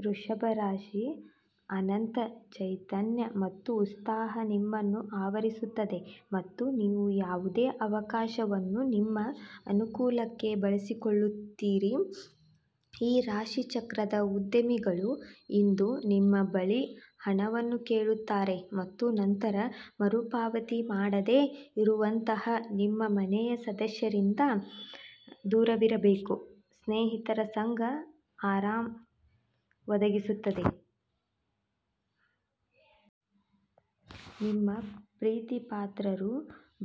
ವೃಷಭ ರಾಶಿ: ಅನಂತ ಚೈತನ್ಯ ಮತ್ತು ಉತ್ಸಾಹ ನಿಮ್ಮನ್ನು ಆವರಿಸುತ್ತದೆ ಮತ್ತು ನೀವು ಯಾವುದೇ ಅವಕಾಶವನ್ನು ನಿಮ್ಮ ಅನುಕೂಲಕ್ಕೆ ಬಳಸಿಕೊಳ್ಳುತ್ತೀರಿ. ಈ ರಾಶಿಚಕ್ರದ ಉದ್ಯಮಿಗಳು, ಇಂದು ನಿಮ್ಮ ಬಳಿ ಹಣವನ್ನು ಕೇಳುತ್ತಾರೆ ಮತ್ತು ನಂತರ ಮರುಪಾವತಿ ಮಾಡದೇ ಇರುವಂತಹ ನಿಮ್ಮ ಮನೆಯ ಸದಸ್ಯರಿಂದ ದೂರವಿರಬೇಕು ಸ್ನೇಹಿತರ ಸಂಗ ಆರಾಮ ಒದಗಿಸುತ್ತದೆ. ನಿಮ್ಮ ಪ್ರೀತಿಪಾತ್ರರು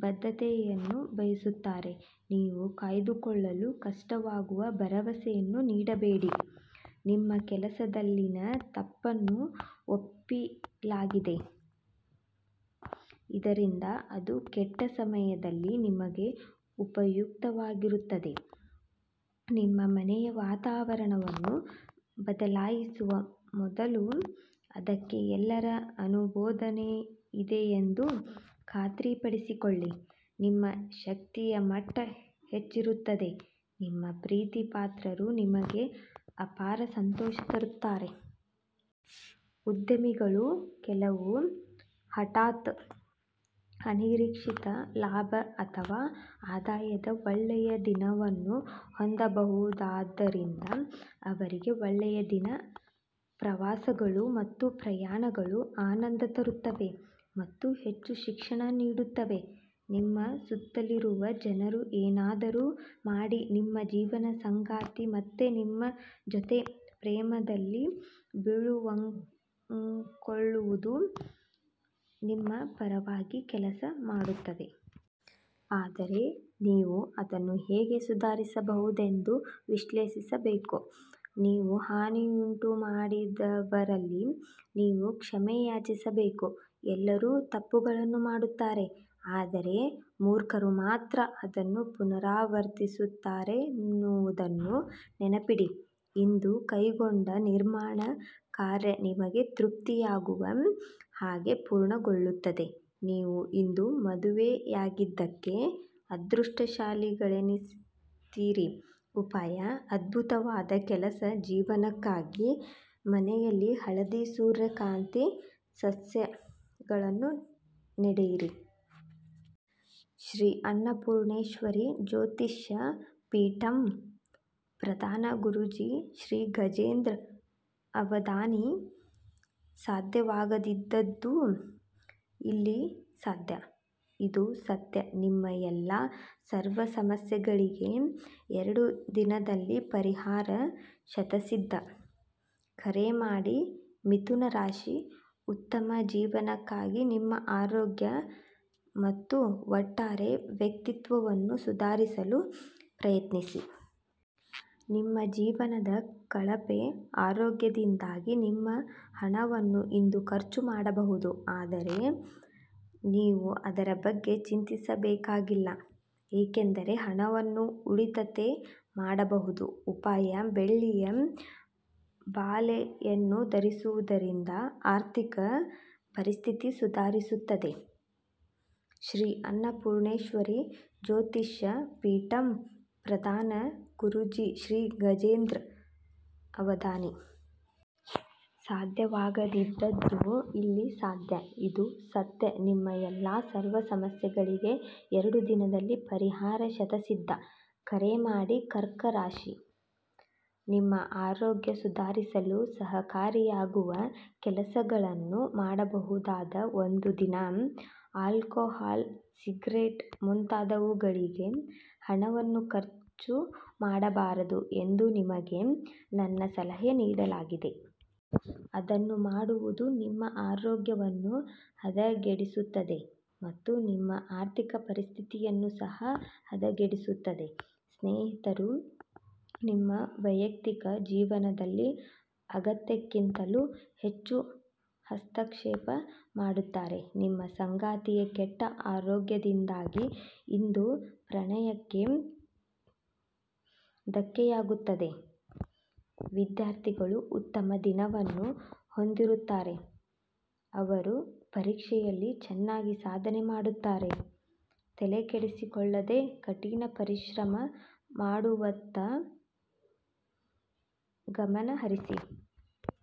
ಬದ್ಧತೆಯನ್ನು ಬಯಸುತ್ತಾರೆ. ನೀವು ಕಾಯ್ದುಕೊಳ್ಳಲು ಕಷ್ಟವಾಗುವ ಭರವಸೆಯನ್ನು ನೀಡಬೇಡಿ. ನಿಮ್ಮ ಕೆಲಸದಲ್ಲಿನ ತಪ್ಪನ್ನು ಒಪ್ಪಿಲಾಗಿದೆ ಇದರಿಂದ ಅದು ಕೆಟ್ಟ ಸಮಯದಲ್ಲಿ ನಿಮಗೆ ಉಪಯುಕ್ತವಾಗಿರುತ್ತದೆ. ನಿಮ್ಮ ಮನೆಯ ವಾತಾವರಣವನ್ನು ಬದಲಾಯಿಸುವ ಮೊದಲು ಅದಕ್ಕೆ ಎಲ್ಲರ ಅನುಮೋದನೆಯಿದೆಯೆಂದು ಖಾತ್ರಿಪಡಿಸಿಕೊಳ್ಳಿ. ನಿಮ್ಮ ಶಕ್ತಿಯ ಮಟ್ಟ ಹೆಚ್ಚಿರುತ್ತದೆ ನಿಮ್ಮ ಪ್ರೀತಿಪಾತ್ರರು ನಿಮಗೆ ಅಪಾರ ಸಂತೋಷ ತರುತ್ತಾರೆ. ಉದ್ಯಮಿಗಳು ಕೆಲವು ಹಠಾತ್ ಅನಿರೀಕ್ಷಿತ ಲಾಭ ಅಥವಾ ಆದಾಯದ ಒಳ್ಳೆಯ ದಿನವನ್ನು ಹೊಂದಬಹುದಾದ್ದರಿಂದ ಅವರಿಗೆ ಒಳ್ಳೆಯ ದಿನ. ಪ್ರವಾಸಗಳು ಮತ್ತು ಪ್ರಯಾಣಗಳು ಆನಂದ ತರುತ್ತವೆ ಮತ್ತು ಹೆಚ್ಚು ಶಿಕ್ಷಣ ನೀಡುತ್ತವೆ. ನಿಮ್ಮ ಸುತ್ತಲಿರುವ ಜನರು ಏನಾದರೂ ಮಾಡಿ ನಿಮ್ಮ ಜೀವನ ಸಂಗಾತಿ ಮತ್ತೆ ನಿಮ್ಮ ಜೊತೆ ಪ್ರೇಮದಲ್ಲಿ ಬೀಳುವಂಕೊಳ್ಳುವುದು ನಿಮ್ಮ ಪರವಾಗಿ ಕೆಲಸ ಮಾಡುತ್ತದೆ. ಆದರೆ ನೀವು ಅದನ್ನು ಹೇಗೆ ಸುಧಾರಿಸಬಹುದೆಂದು ವಿಶ್ಲೇಷಿಸಬೇಕು. ನೀವು ಹಾನಿಯುಂಟುಮಾಡಿದವರಲ್ಲಿ ನೀವು ಕ್ಷಮೆಯಾಚಿಸಬೇಕು. ಎಲ್ಲರೂ ತಪ್ಪುಗಳನ್ನು ಮಾಡುತ್ತಾರೆ ಆದರೆ ಮೂರ್ಖರು ಮಾತ್ರ ಅದನ್ನು ಪುನರಾವರ್ತಿಸುತ್ತಾರೆನ್ನುವುದನ್ನು ನೆನಪಿಡಿ. ಇಂದು ಕೈಗೊಂಡ ನಿರ್ಮಾಣ ಕಾರ್ಯ ನಿಮಗೆ ತೃಪ್ತಿಯಾಗುವ ಹಾಗೆ ಪೂರ್ಣಗೊಳ್ಳುತ್ತದೆ. ನೀವು ಇಂದು ಮದುವೆಯಾಗಿದ್ದಕ್ಕೆ ಅದೃಷ್ಟಶಾಲಿಗಳೆನಿಸುತ್ತೀರಿ. ಉಪಾಯ:- ಅದ್ಭುತವಾದ ಕೆಲಸ-ಜೀವನಕ್ಕಾಗಿ ಮನೆಯಲ್ಲಿ ಹಳದಿ ಸೂರ್ಯಕಾಂತಿ ಸಸ್ಯಗಳನ್ನು ನೆಡೆಯಿರಿ. ಶ್ರೀ ಅನ್ನಪೂರ್ಣೇಶ್ವರಿ ಜ್ಯೋತಿಷ್ಯ ಪೀಠಂ, ಪ್ರಧಾನ ಗುರೂಜಿ ಶ್ರೀ ಗಜೇಂದ್ರ ಅವಧಾನಿ. ಸಾಧ್ಯವಾಗದಿದ್ದದ್ದು ಇಲ್ಲಿ ಸಾಧ್ಯ. ಇದು ಸತ್ಯ ನಿಮ್ಮ ಎಲ್ಲಾ ಸರ್ವ ಸಮಸ್ಯೆಗಳಿಗೆ ಎರಡು ದಿನದಲ್ಲಿ ಪರಿಹಾರ ಶತಸಿದ್ಧ. ಕರೆ ಮಾಡಿ ಮಿಥುನ ರಾಶಿ: ಉತ್ತಮ ಜೀವನಕ್ಕಾಗಿ ನಿಮ್ಮ ಆರೋಗ್ಯ ಮತ್ತು ಒಟ್ಟಾರೆ ವ್ಯಕ್ತಿತ್ವವನ್ನು ಸುಧಾರಿಸಲು ಪ್ರಯತ್ನಿಸಿ. ನಿಮ್ಮ ಜೀವನದ ಕಳಪೆ ಆರೋಗ್ಯದಿಂದಾಗಿ, ನಿಮ್ಮ ಹಣವನ್ನು ಇಂದು ಖರ್ಚು ಮಾಡಬಹುದು, ಆದರೆ ನೀವು ಅದರ ಬಗ್ಗೆ ಚಿಂತಿಸಬೇಕಾಗಿಲ್ಲ ಏಕೆಂದರೆ ಹಣವನ್ನು ಉಳಿತತೆ ಮಾಡಬಹುದು. ಉಪಾಯ: ಬೆಳ್ಳಿಯ ಬಾಲೆಯನ್ನು ಧರಿಸುವುದರಿಂದ ಆರ್ಥಿಕ ಪರಿಸ್ಥಿತಿ ಸುಧಾರಿಸುತ್ತದೆ. ಶ್ರೀ ಅನ್ನಪೂರ್ಣೇಶ್ವರಿ ಜ್ಯೋತಿಷ್ಯ ಪೀಠಂ, ಪ್ರಧಾನ ಗುರೂಜಿ ಶ್ರೀ ಗಜೇಂದ್ರ ಅವಧಾನಿ. ಸಾಧ್ಯವಾಗದಿದ್ದದ್ದು ಇಲ್ಲಿ ಸಾಧ್ಯ. ಇದು ಸತ್ಯ ನಿಮ್ಮ ಎಲ್ಲಾ ಸರ್ವ ಸಮಸ್ಯೆಗಳಿಗೆ ಎರಡು ದಿನದಲ್ಲಿ ಪರಿಹಾರ ಶತಸಿದ್ಧ. ಕರೆ ಮಾಡಿ ಕರ್ಕ ರಾಶಿ: ನಿಮ್ಮ ಆರೋಗ್ಯ ಸುಧಾರಿಸಲು ಸಹಕಾರಿಯಾಗುವ ಕೆಲಸಗಳನ್ನು ಮಾಡಬಹುದಾದ ಒಂದು ದಿನ. ಆಲ್ಕೋಹಾಲ್ ಸಿಗರೇಟ್ ಮುಂತಾದವುಗಳಿಗೆ ಹಣವನ್ನು ಖರ್ಚು ಮಾಡಬಾರದು ಎಂದು ನಿಮಗೆ ನನ್ನ ಸಲಹೆ ನೀಡಲಾಗಿದೆ. ಅದನ್ನು ಮಾಡುವುದು ನಿಮ್ಮ ಆರೋಗ್ಯವನ್ನು ಹದಗೆಡಿಸುತ್ತದೆ ಮತ್ತು ನಿಮ್ಮ ಆರ್ಥಿಕ ಪರಿಸ್ಥಿತಿಯನ್ನು ಸಹ ಹದಗೆಡಿಸುತ್ತದೆ. ಸ್ನೇಹಿತರು ನಿಮ್ಮ ವೈಯಕ್ತಿಕ ಜೀವನದಲ್ಲಿ ಅಗತ್ಯಕ್ಕಿಂತಲೂ ಹೆಚ್ಚು ಹಸ್ತಕ್ಷೇಪ ಮಾಡುತ್ತಾರೆ. ನಿಮ್ಮ ಸಂಗಾತಿಯ ಕೆಟ್ಟ ಆರೋಗ್ಯದಿಂದಾಗಿ ಇಂದು ಪ್ರಣಯಕ್ಕೆ ಧಕ್ಕೆಯಾಗುತ್ತದೆ. ವಿದ್ಯಾರ್ಥಿಗಳು ಉತ್ತಮ ದಿನವನ್ನು ಹೊಂದಿರುತ್ತಾರೆ. ಅವರು ಪರೀಕ್ಷೆಯಲ್ಲಿ ಚೆನ್ನಾಗಿ ಸಾಧನೆ ಮಾಡುತ್ತಾರೆ. ತಲೆಕೆಡಿಸಿಕೊಳ್ಳದೇ ಕಠಿಣ ಪರಿಶ್ರಮ ಮಾಡುವತ್ತ ಗಮನ ಹರಿಸಿ.